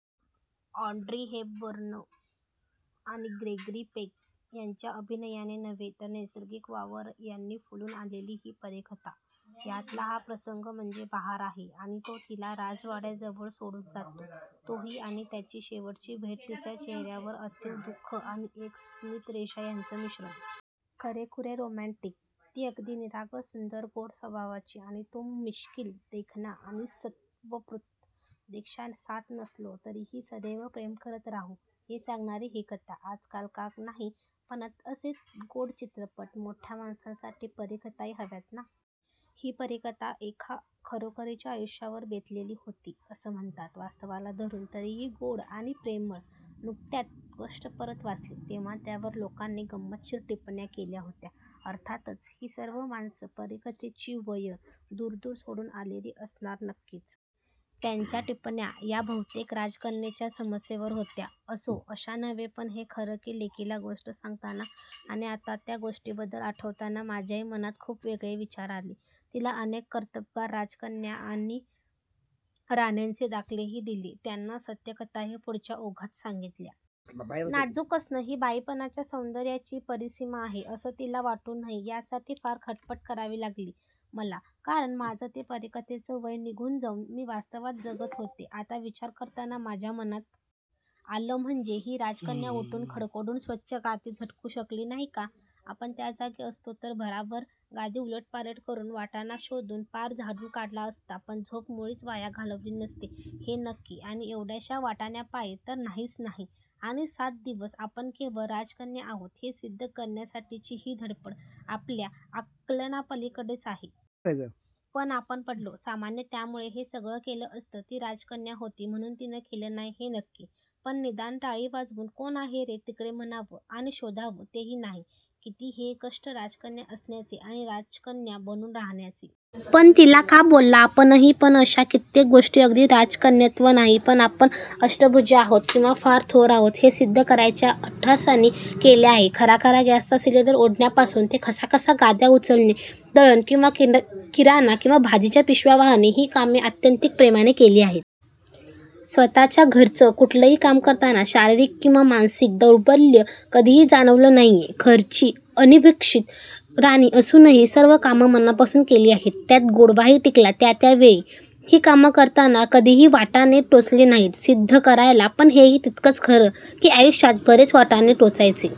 Audrey Hepburn आणि Gregory Peck ह्यांच्या अभिनयाने नव्हे तर नैसर्गिक वावर यांनी फुलून आलेली ही परीकथा. ह्यातला हा प्रसंग म्हणजे बहार आहे आणि तो तिला राजवाड्याजवळ सोडून जातो तोही आणि त्यांची शेवटची भेट तिच्या चेहऱ्यावर अतीव दुःख आणि एक स्मितरेषा ह्याचं मिश्रण! खरेखुरे रोमँटिक.. ती अगदी निरागस सुंदर, गोड स्वभावाची आणि तो मिश्किल, देखणा आणि सत्प्रवृत्त! पेक्षा, साथ नसलो तरीही सदैव प्रेम करत राहू हे सांगणारी ही कथा! आजकाल का नाही बनत असे गोड चित्रपट. मोठ्या माणसांसाठी परीकथाही हव्यात ना! ही परीकथा एका खरोखरीच्या आयुष्यावर बेतलेली होती असं म्हणतात. वास्तवाला धरुन तरीही गोड आणि प्रेमळ. नुकत्यात गोष्ट परत वाचली तेंव्हा त्यावर लोकांनी गंमतशीर टिप्पण्या केल्या होत्या. अर्थातच ही सर्व माणसं परीकथेची वयं दूर-दूर सोडून आलेली असणार नक्कीच. त्यांच्या टिप्पण्या ह्या बहुतेक राजकन्येच्या समस्येवर होत्या. असो! अशा नव्हे पण हे खरं की लेकीला गोष्ट सांगताना, आणि आता त्या गोष्टीबद्दल आठवताना माझ्याही मनात खूप वेगळे विचार आले. तिला अनेक कर्तबगार राजकन्या आणि राण्यांचे दाखलेही दिले, त्यांच्या सत्यकथाही पुढच्या ओघात सांगितल्या. नाजूक असणं ही बाईपणाच्या सौन्दर्याची परिसीमा आहे असं तिला वाटू नये, यासाठी फार खटपट करावी लागली मला. कारण माझं ते परीकथेचं वय निघून जाऊन मी वास्तवात जगत होते. आता विचार करताना माझ्या मनात आलं म्हणजे ही राजकन्या उठून खडखडून स्वच्छ गादी झटकू शकली नाही का, आपण त्या जागी असतो तर भराभर गादी उलटपालट करुन, वाटाणा शोधून पार झाडून काढला असता पण झोप मुळीच वाया घालवली नसती हे नक्की आणि एवढ्याश्या वाटाण्यापायी तर नाहीच नाही आणि सात दिवस आपण केवळ राजकन्या आहोत हे सिद्ध करण्यासाठीची ही धडपड आपल्या आकलनापलीकडेच आहे. पण आपण पडलो सामान्य त्यामुळे हे सगळं केलं असतं, ती राजकन्या होती म्हणून तिनं केलं नाही हे नक्की! पण निदान टाळी वाजवून "कोण आहे रे तिकडे म्हणावं "आणि शोधावं तेही नाही. किती हे कष्ट राजकन्या असण्याचे आणि राजकन्या बनून राहण्याचे. पण तिला का बोला आपणही पण अशा कित्येक गोष्टी अगदी राजकन्यत्व नाही पण आपण अष्टभुजा आहोत किंवा फार थोर आहोत हे सिद्ध करायच्या अट्टहासानी केल्या आहे. खराखरा गॅसचा सिलेंडर ओढण्यापासून ते खसा-खसा गाद्या उचलणे, दळण किंवा किराणा किंवा भाजीच्या पिशव्या वाहणे ही कामे आत्यंतिक प्रेमानं केली आहेत. स्वतःच्या घरचं कुठलंही काम करताना शारीरिक किंवा मानसिक दौर्बल्य कधीही जाणवलं नाहीये. घरची अनभिषिक्त राणी असूनही सर्व कामं मनापासून केली आहेत! त्यात गोडवाही टिकला त्या त्या वेळी! ही कामं करताना कधीही वाटाणे टोचले नाहीत सिद्ध करायला. पण हेही तितकंच खरं की आयुष्यात बरेच वाटाणे टोचायचे--